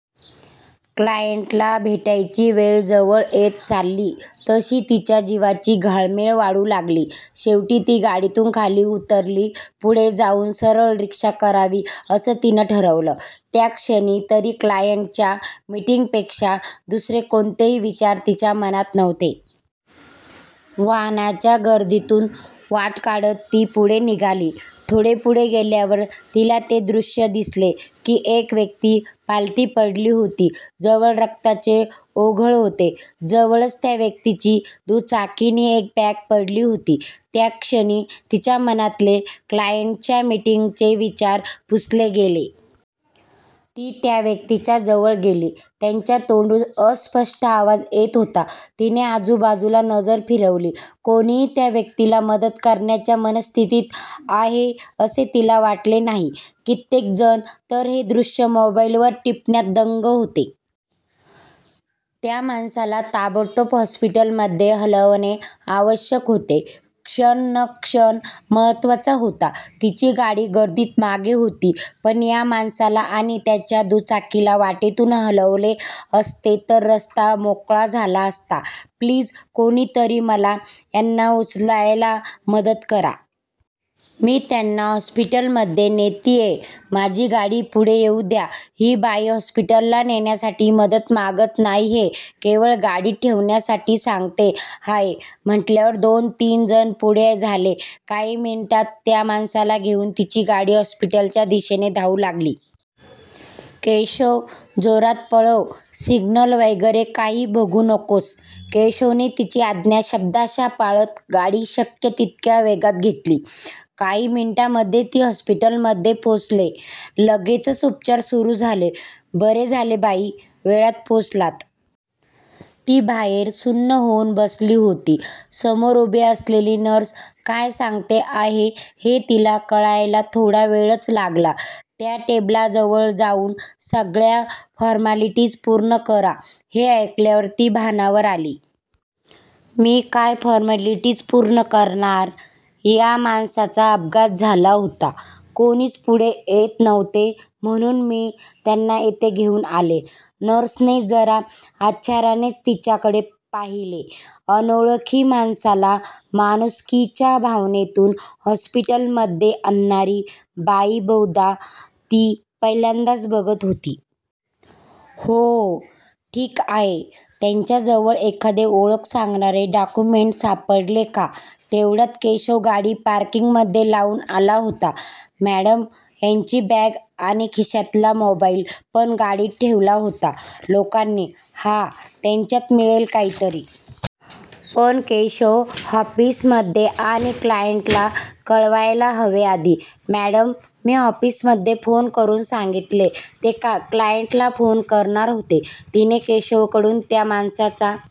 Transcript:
क्लायंटला भेटायची वेळ जवळ येत चालली तशी तिच्या जीवाची घालमेल वाढू लागली. शेवटी ती गाडीतून खाली उतरली. पुढे जाऊन सरळ रिक्षा करावी असं तिने ठरवलं. त्याक्षणी तरी क्लायंटच्या मिटिंगपेक्षा दुसरे कोणतेही विचार तिच्या मनात नव्हते. वाहनांच्या गर्दीतून वाट काढत ती पुढे निघाली. थोडे पुढे गेल्यावर तिला ते दृश्य दिसले. एक व्यक्ती पालथी पडली होती. जवळ रक्ताचे ओघळ होते. जवळच त्या व्यक्तीची दुचाकी नि एक बॅग पडली होती. त्या क्षणी तिच्या मनातले क्लायंटच्या मिटिंगचे विचार पुसले गेले. ती त्या व्यक्तीच्या जवळ गेली. त्यांच्या तोंडून अस्पष्ट आवाज येत होता. तिने आजूबाजूला नजर फिरवली. कोणीही त्या व्यक्तीला मदत करण्याच्या मनस्थितीत आहे असे तिला वाटले नाही. कित्येक जण तर हे दृश्य मोबाईलवर टिपण्यात दंग होते. त्या माणसाला ताबडतोब हॉस्पिटलमध्ये हलवणे आवश्यक होते. क्षण न क्षण महत्वाचा होता. तिची गाडी गर्दीत मागे होती. पण या माणसाला आणि त्याच्या दुचाकीला वाटेतून हलवले असते तर रस्ता मोकळा झाला असता. "प्लीज, कोणीतरी मला यांना उचलायला मदत करा. मी त्यांना हॉस्पीटलमध्ये नेतीये. माझी गाडी पुढे येऊ द्या. " ही बाई हॉस्पिटलला नेण्यासाठी मदत मागत नाहीये, केवळ गाडीत ठेवण्यासाठी सांगते आहे म्हटल्यावर दोन तीन जण पुढे झाले. काही मिनिटांतच त्या माणसाला घेऊन तिची गाडी हॉस्पिटलच्या दिशेने धावू लागली. "केशव, जोरात पळव. सिग्नल वगैरे काही बघू नकोस. " केशवने तिची आज्ञा शब्दशः पाळत गाडी शक्य तितक्या वेगात घेतली. काही मिनिटांमधेच ते हॉस्पिटलमध्ये पोचले. लगेचच उपचार सुरु झाले. "बरे झाले बाई, वेळात पोचलात. " ती बाहेर सुन्न होऊन बसली होती. समोर उभी असलेली नर्स काय सांगते आहे हे तिला कळायला थोडा वेळच लागला. "त्या टेबलाजवळ जाऊन सगळ्या फ़ोर्मालिटीज पूर्ण करा. " हे ऐकल्यावर ती भानावर आली. "मी काय फ़ोर्मालिटीज पूर्ण करणार? या माणसाचा अपघात झाला होता. कोणीच पुढे येत नव्हते म्हणून मी त्यांना इथे घेऊन आले. " नर्सने जरा आश्चर्यानेच तिच्याकडे पाहिले. अनोळखी माणसाला माणुसकीच्या भावनेतून हॉस्पिटलमध्ये आणणारी बाई बहुदा ती पहिल्यांदाच बघत होती. "ओह, ठीक आहे. त्यांच्या जवळ एखादे ओळख सांगणारे डॅाक्युमेंट सापडले का? "तेवढ्यात केशव गाडी पार्किंग मध्ये लाऊन आला होता. "मॅडम, यांची बॅग आणि खिशातला मोबाईल पण गाडीत ठेवला होता लोकांनी. ""हा. त्याच्यात मिळेल काहीतरी. पण केशव ऑफिसमध्ये आणि क्लायंटला कळवायला हवे आधी. ""मॅडम मी ऑफिसमध्ये फोन करून सांगितले. ते क्लायंटला फोन करणार होते. " तिने केशवकडून त्या माणसाचा